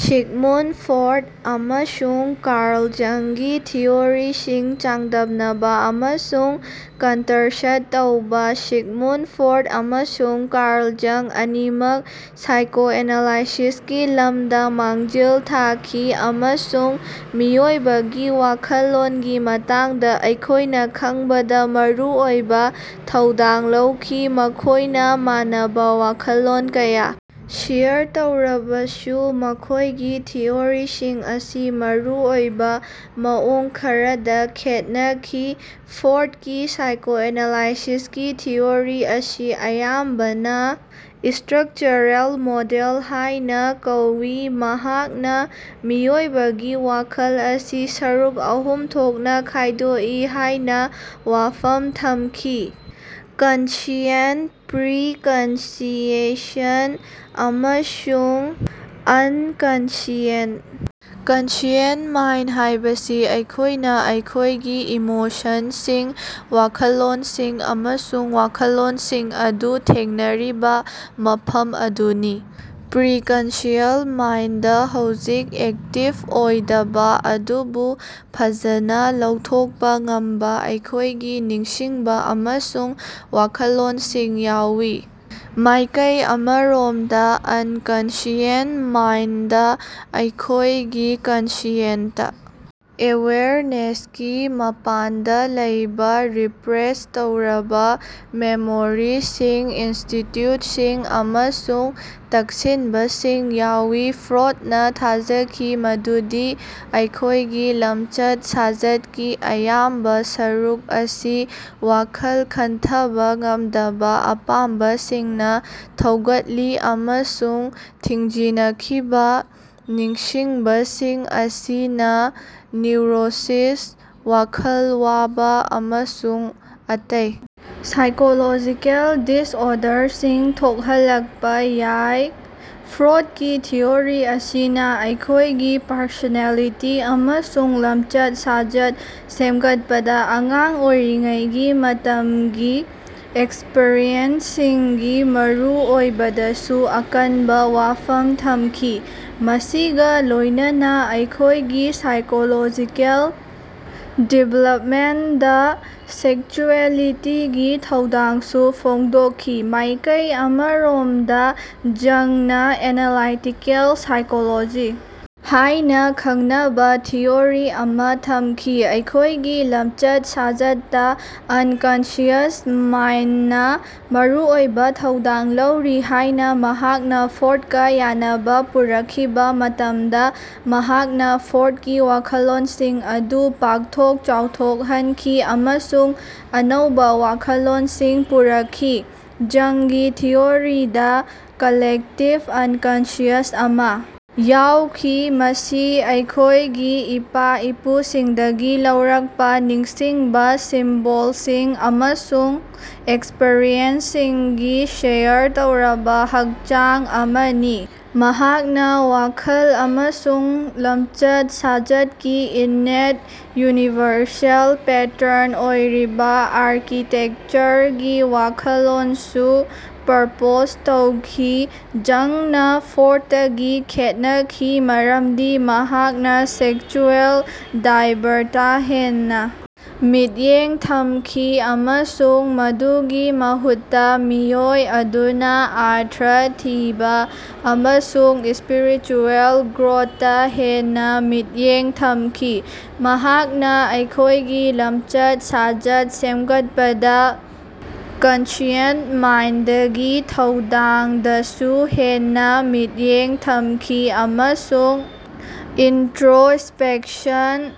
Sigmund Freud ꯑꯃꯁꯨꯡ Carl ꯖꯪꯒꯤ ꯊꯤꯑꯣꯔꯤꯁꯤꯡ ꯆꯥꯡꯗꯝꯅꯕ ꯑꯃꯁꯨꯡ ꯀꯟꯇꯔꯁ꯭ꯠ ꯇꯧꯕ꯫ ꯁꯤꯒꯃꯨꯟꯗ ꯐ꯭ꯔꯣꯗ ꯑꯃꯁꯨꯡ ꯀꯥꯔꯜ ꯖꯪ ꯑꯅꯤꯃꯛ ꯁꯥꯏꯀꯣꯑꯦꯅꯥꯂꯥꯏꯁꯤꯁꯀꯤ ꯂꯝꯗ ꯃꯥꯡꯖꯤꯜ ꯊꯥꯈꯤ ꯑꯃꯁꯨꯡ ꯃꯤꯑꯣꯏꯕꯒꯤ ꯋꯥꯈꯜꯂꯣꯟꯒꯤ ꯃꯇꯥꯡꯗ ꯑꯩꯈꯣꯏꯅ ꯈꯪꯕꯗ ꯃꯔꯨꯑꯣꯏꯕ ꯊꯧꯗꯥꯡ ꯂꯧꯈꯤ꯫ ꯃꯈꯣꯏꯅ ꯃꯥꯟꯅꯕ ꯋꯥꯈꯜꯂꯣꯟ ꯀꯌꯥ ꯁꯦꯌꯔ ꯇꯧꯔꯕꯁꯨ ꯃꯈꯣꯏꯒꯤ ꯊꯤꯑꯣꯔꯤꯁꯤꯡ ꯑꯁꯤ ꯃꯔꯨꯑꯣꯏꯕ ꯃꯑꯣꯡ ꯈꯔꯗ ꯈꯦꯠꯅꯈꯤ꯫ ꯐ꯭ꯔꯣꯗꯀꯤ ꯁꯥꯏꯀꯣꯑꯦꯅꯥꯂꯥꯏꯁꯤꯁꯀꯤ ꯊꯤꯑꯣꯔꯤ ꯑꯁꯤ ꯑꯌꯥꯝꯕꯅ ꯁ꯭ꯇꯔꯛꯆꯔꯦꯜ ꯃꯣꯗꯦꯜ ꯍꯥꯏꯅ ꯀꯧꯏ꯫ ꯃꯍꯥꯛꯅ ꯃꯤꯑꯣꯏꯕꯒꯤ ꯋꯥꯈꯜ ꯑꯁꯤ ꯁꯔꯨꯛ ꯑꯍꯨꯝ ꯊꯣꯛꯅ ꯈꯥꯏꯗꯣꯛꯏ ꯍꯥꯏꯅ ꯋꯥꯐꯝ ꯊꯝꯈꯤ -ꯀꯟꯁꯤꯌꯦꯟꯇ, ꯄ꯭ꯔꯤꯀꯟꯁꯤꯌꯦꯁꯟ ꯑꯃꯁꯨꯡ ꯑꯟꯀꯟꯁꯤꯌꯦꯟꯇ꯫ ꯀꯟꯁꯤꯌꯦꯟꯇ ꯃꯥꯏꯟꯗ ꯍꯥꯏꯕꯁꯤ ꯑꯩꯈꯣꯏꯅ ꯑꯩꯈꯣꯏꯒꯤ ꯏꯃꯣꯁꯟꯁꯤꯡ, ꯋꯥꯈꯜꯂꯣꯟꯁꯤꯡ ꯑꯃꯁꯨꯡ ꯋꯥꯈꯜꯂꯣꯟꯁꯤꯡ ꯑꯗꯨ ꯊꯦꯡꯅꯔꯤꯕ ꯃꯐꯝ ꯑꯗꯨꯅꯤ꯫ ꯄ꯭ꯔꯤꯀꯟꯁꯤꯌꯦꯜ ꯃꯥꯏꯟꯗꯗ ꯍꯧꯖꯤꯛ ꯑꯦꯛꯇꯤꯕ ꯑꯣꯏꯗꯕ ꯑꯗꯨꯕꯨ ꯐꯖꯅ ꯂꯧꯊꯣꯛꯄ ꯉꯝꯕ ꯑꯩꯈꯣꯏꯒꯤ ꯅꯤꯡꯁꯤꯡꯕ ꯑꯃꯁꯨꯡ ꯋꯥꯈꯜꯂꯣꯟꯁꯤꯡ ꯌꯥꯎꯏ꯫ ꯃꯥꯏꯀꯩ ꯑꯃꯔꯣꯝꯗ, ꯑꯟꯀꯟꯁꯤꯌꯦꯟꯇ ꯃꯥꯏꯟꯗꯗ ꯑꯩꯈꯣꯏꯒꯤ ꯀꯟꯁꯤꯌꯦꯟꯇ ꯑꯦꯋꯦꯌꯔꯅꯦꯁꯀꯤ ꯃꯄꯥꯟꯗ ꯂꯩꯕ ꯔꯤꯄ꯭ꯔꯦꯁ ꯇꯧꯔꯕ ꯃꯦꯃꯣꯔꯤꯁꯤꯡ, ꯏꯟꯁꯇꯤꯇ꯭ꯌꯨꯠꯁꯤꯡ ꯑꯃꯁꯨꯡ ꯇꯛꯁꯤꯟꯕꯁꯤꯡ ꯌꯥꯎꯏ꯫ ꯐ꯭ꯔꯣꯗ ꯅꯥ ꯊꯥꯖꯈꯤ ꯃꯗꯨꯗꯤ ꯑꯩꯈꯣꯏꯒꯤ ꯂꯝꯆꯠ-ꯁꯥꯖꯠꯀꯤ ꯑꯌꯥꯝꯕ ꯁꯔꯨꯛ ꯑꯁꯤ ꯋꯥꯈꯜ ꯈꯟꯊꯕ ꯉꯝꯗꯕ ꯑꯄꯥꯝꯕꯁꯤꯡꯅ ꯊꯧꯒꯠꯂꯤ ꯑꯃꯁꯨꯡ ꯊꯤꯡꯖꯤꯅꯈꯤꯕ ꯅꯤꯡꯁꯤꯡꯕꯁꯤꯡ ꯑꯁꯤꯅ ꯅ꯭ꯌꯨꯔꯣꯁꯤꯁ, ꯋꯥꯈꯜ ꯋꯥꯕ ꯑꯃꯁꯨꯡ ꯑꯇꯩ ꯁꯥꯏꯀꯣꯂꯣꯖꯤꯀꯦꯜ ꯗꯤꯁꯑꯣꯔꯗꯔꯁꯤꯡ ꯊꯣꯛꯍꯜꯂꯛꯄ ꯌꯥꯏ꯫ ꯐ꯭ꯔꯣꯗꯀꯤ ꯊꯤꯑꯣꯔꯤ ꯑꯁꯤꯅ ꯑꯩꯈꯣꯏꯒꯤ ꯄꯔꯁꯣꯅꯦꯂꯤꯇꯤ ꯑꯃꯁꯨꯡ ꯂꯝꯆꯠ-ꯁꯥꯖꯠ ꯁꯦꯝꯒꯠꯄꯗ ꯑꯉꯥꯡ ꯑꯣꯏꯔꯤꯉꯩꯒꯤ ꯃꯇꯝꯒꯤ ꯑꯦꯛꯁꯄ꯭ꯔꯤꯌꯦꯟꯁꯁꯤꯡꯒꯤ ꯃꯔꯨꯑꯣꯏꯕꯗꯁꯨ ꯑꯀꯟꯕ ꯋꯥꯐꯝ ꯊꯝꯈꯤ, ꯃꯁꯤꯒ ꯂꯣꯏꯅꯅ ꯑꯩꯈꯣꯏꯒꯤ ꯁꯥꯏꯀꯣꯂꯣꯖꯤꯀꯦꯜ ꯗꯤꯚꯦꯂꯞꯃꯦꯟꯇꯗ ꯁꯦꯛꯁꯨꯑꯦꯂꯤꯇꯤꯒꯤ ꯊꯧꯗꯥꯡꯁꯨ ꯐꯣꯡꯗꯣꯛꯈꯤ꯫ ꯃꯥꯏꯀꯩ ꯑꯃꯔꯣꯝꯗ ꯖꯪꯅ ꯑꯦꯅꯥꯂꯥꯏꯇꯤꯀꯦꯜ ꯁꯥꯏꯀꯣꯂꯣꯖꯤ ꯍꯥꯏꯅ ꯈꯪꯅꯕ ꯊꯤꯑꯣꯔꯤ ꯑꯃ ꯊꯝꯈꯤ꯫ ꯑꯩꯈꯣꯏꯒꯤ ꯂꯝꯆꯠ-ꯁꯥꯖꯠꯇ ꯑꯟꯀꯟꯁꯤꯌꯁ ꯃꯥꯏꯟꯗꯅ ꯃꯔꯨꯑꯣꯏꯕ ꯊꯧꯗꯥꯡ ꯂꯧꯔꯤ ꯍꯥꯏꯅ ꯃꯍꯥꯛꯅ ꯐ꯭ꯔꯣꯗꯀꯥ ꯌꯥꯅꯕ ꯄꯨꯔꯛꯈꯤꯕ ꯃꯇꯝꯗ ꯃꯍꯥꯛꯅ ꯐ꯭ꯔꯣꯗꯀꯤ ꯋꯥꯈꯜꯂꯣꯟꯁꯤꯡ ꯑꯗꯨ ꯄꯥꯛꯊꯣꯛ ꯆꯥꯎꯊꯣꯛꯍꯟꯈꯤ ꯑꯃꯁꯨꯡ ꯑꯅꯧꯕ ꯋꯥꯈꯜꯂꯣꯟꯁꯤꯡ ꯄꯨꯔꯛꯈꯤ꯫ ꯖꯪꯒꯤ ꯊꯤꯑꯣꯔꯤꯗ ꯀꯥꯂꯦꯛꯇꯤꯕ ꯑꯟꯀꯟꯁꯤꯌꯁ ꯑꯃ ꯌꯥꯎꯈꯤ, ꯃꯁꯤ ꯑꯩꯈꯣꯏꯒꯤ ꯏꯄꯥ-ꯏꯄꯨꯁꯤꯡꯗꯒꯤ ꯂꯧꯔꯛꯄ ꯅꯤꯡꯁꯤꯡꯕ, ꯁꯤꯝꯕꯣꯜꯁꯤꯡ ꯑꯃꯁꯨꯡ ꯑꯦꯛꯁꯄ꯭ꯔꯤꯌꯦꯟꯁꯁꯤꯡꯒꯤ ꯁꯦꯌꯔ ꯇꯧꯔꯕ ꯍꯛꯆꯥꯡ ꯑꯃꯅꯤ꯫ ꯃꯍꯥꯛꯅ ꯋꯥꯈꯜ ꯑꯃꯁꯨꯡ ꯂꯝꯆꯠ-ꯁꯥꯖꯠꯀꯤ ꯏꯟꯅꯦꯠ, ꯌꯨꯅꯤꯚꯔꯁꯦꯜ ꯄꯦꯇꯔꯟ ꯑꯣꯏꯔꯤꯕ ꯑꯥꯔꯀꯤꯇꯦꯛꯆꯔꯒꯤ ꯋꯥꯈꯜꯂꯣꯟꯁꯨ ꯄ꯭ꯔꯄꯣꯖ ꯇꯧꯈꯤ꯫ ꯖꯪꯅ ꯐ꯭ꯔꯣꯗꯇꯒꯤ ꯈꯦꯠꯅꯈꯤ ꯃꯔꯝꯗꯤ ꯃꯍꯥꯛꯅ ꯁꯦꯛꯁꯨꯑꯦꯜ ꯗ꯭ꯔꯥꯏꯕꯇꯥ ꯍꯦꯟꯅ ꯃꯤꯠꯌꯦꯡ ꯊꯝꯈꯤ ꯑꯃꯁꯨꯡ ꯃꯗꯨꯒꯤ ꯃꯍꯨꯠꯇ ꯃꯤꯑꯣꯏ ꯑꯗꯨꯅ ꯑꯔꯊ ꯊꯤꯕ ꯑꯃꯁꯨꯡ ꯁ꯭ꯄꯤꯔꯤꯆꯨꯌꯦꯜ ꯒ꯭ꯔꯣꯊꯇꯥ ꯍꯦꯟꯅ‌ ꯃꯤꯠꯌꯦꯡ ꯊꯝꯈꯤ꯫ ꯃꯍꯥꯛꯅ ꯑꯩꯈꯣꯏꯒꯤ ꯂꯝꯆꯠ-ꯁꯥꯖꯠ ꯁꯦꯝꯒꯠꯄꯗ ꯀꯟꯁꯤꯌꯦꯟꯇ ꯃꯥꯏꯟꯗꯒꯤ ꯊꯧꯗꯥꯡꯗꯁꯨ ꯍꯦꯟꯅ ꯃꯤꯠꯌꯦꯡ ꯊꯝꯈꯤ ꯑꯃꯁꯨꯡ ꯏꯟꯇꯔꯣꯁ꯭ꯄꯦꯛꯁꯟ,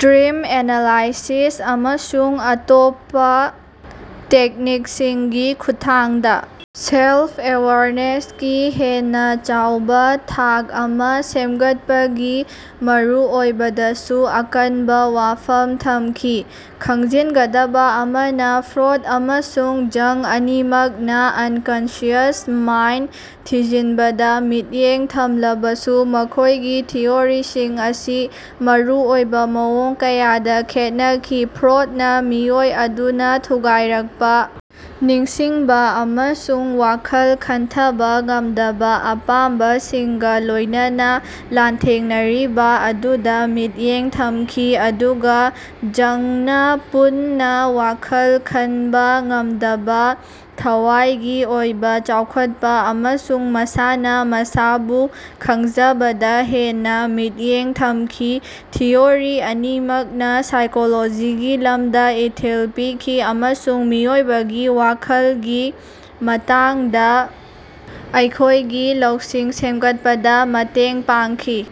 ꯗ꯭ꯔꯤꯝ ꯑꯦꯅꯥꯂꯥꯏꯁꯤꯁ ꯑꯃꯁꯨꯡ ꯑꯇꯣꯞꯄ ꯇꯦꯛꯅꯤꯛꯁꯤꯡꯒꯤ ꯈꯨꯠꯊꯥꯡꯗ ꯁꯦꯜꯐ-ꯑꯦꯋꯥꯔꯅꯦꯁꯀꯤ ꯍꯦꯟꯅ ꯆꯥꯎꯕꯥ ꯊꯥꯛ ꯑꯃ ꯁꯦꯝꯒꯠꯄꯒꯤ ꯃꯔꯨꯑꯣꯏꯕꯗꯁꯨ ꯑꯀꯟꯕ ꯋꯥꯐꯝ ꯊꯝꯈꯤ꯫ ꯈꯪꯖꯤꯟꯒꯗꯕ ꯑꯃꯅ, ꯐ꯭ꯔꯣꯗ ꯑꯃꯁꯨꯡ ꯖꯪ ꯑꯅꯤꯃꯛꯅ ꯑꯟꯀꯟꯁꯤꯌꯁ ꯃꯥꯏꯟꯗ ꯊꯤꯖꯤꯟꯕꯗ ꯃꯤꯠꯌꯦꯡ ꯊꯝꯂꯕꯁꯨ ꯃꯈꯣꯏꯒꯤ ꯊꯤꯑꯣꯔꯤꯁꯤꯡ ꯑꯁꯤ ꯃꯔꯨ ꯑꯣꯏꯕ ꯃꯑꯣꯡ ꯀꯌꯥꯗ ꯈꯦꯠꯅꯈꯤ꯫ ꯐ꯭ꯔꯣꯗꯅ ꯃꯤꯑꯣꯏ ꯑꯗꯨꯅ ꯊꯨꯒꯥꯏꯔꯛꯄ ꯅꯤꯡꯁꯤꯡꯕ ꯑꯃꯁꯨꯡ ꯋꯥꯈꯜ ꯈꯟꯊꯥꯕ ꯉꯝꯗꯕ ꯑꯄꯥꯝꯕꯁꯤꯡꯒ ꯂꯣꯏꯅꯅ ꯂꯥꯟꯊꯦꯡꯅꯔꯤꯕ ꯑꯗꯨꯗ ꯃꯤꯠꯌꯦꯡ ꯊꯝꯈꯤ, ꯑꯗꯨꯒ ꯖꯪꯅꯥ ꯄꯨꯟꯅ ꯋꯥꯈꯜ ꯈꯟꯕ ꯉꯝꯗꯕ, ꯊꯋꯥꯏꯒꯤ ꯑꯣꯏꯕ ꯆꯥꯎꯈꯠꯄ‌ ꯑꯃꯁꯨꯡ ꯃꯁꯥꯅ‌ ꯃꯁꯥꯕꯨ ꯈꯪꯖꯕꯗ ꯍꯦꯟꯅ ꯃꯤꯠꯌꯦꯡ ꯊꯝꯈꯤ꯫ ꯊꯤꯑꯣꯔꯤ ꯑꯅꯤꯃꯛꯅ ꯁꯥꯏꯀꯣꯂꯣꯖꯤꯒꯤ ꯂꯝꯗ ꯏꯊꯤꯜ ꯄꯤꯈꯤ ꯑꯃꯁꯨꯡ ꯃꯤꯑꯣꯏꯕꯒꯤ ꯋꯥꯈꯒꯤ ꯃꯇꯥꯡꯗ ꯑꯩꯈꯣꯏꯒꯤ ꯂꯧꯁꯤꯡ ꯁꯦꯝꯒꯠꯄꯗ ꯃꯇꯦꯡ ꯄꯥꯡꯈꯤ꯫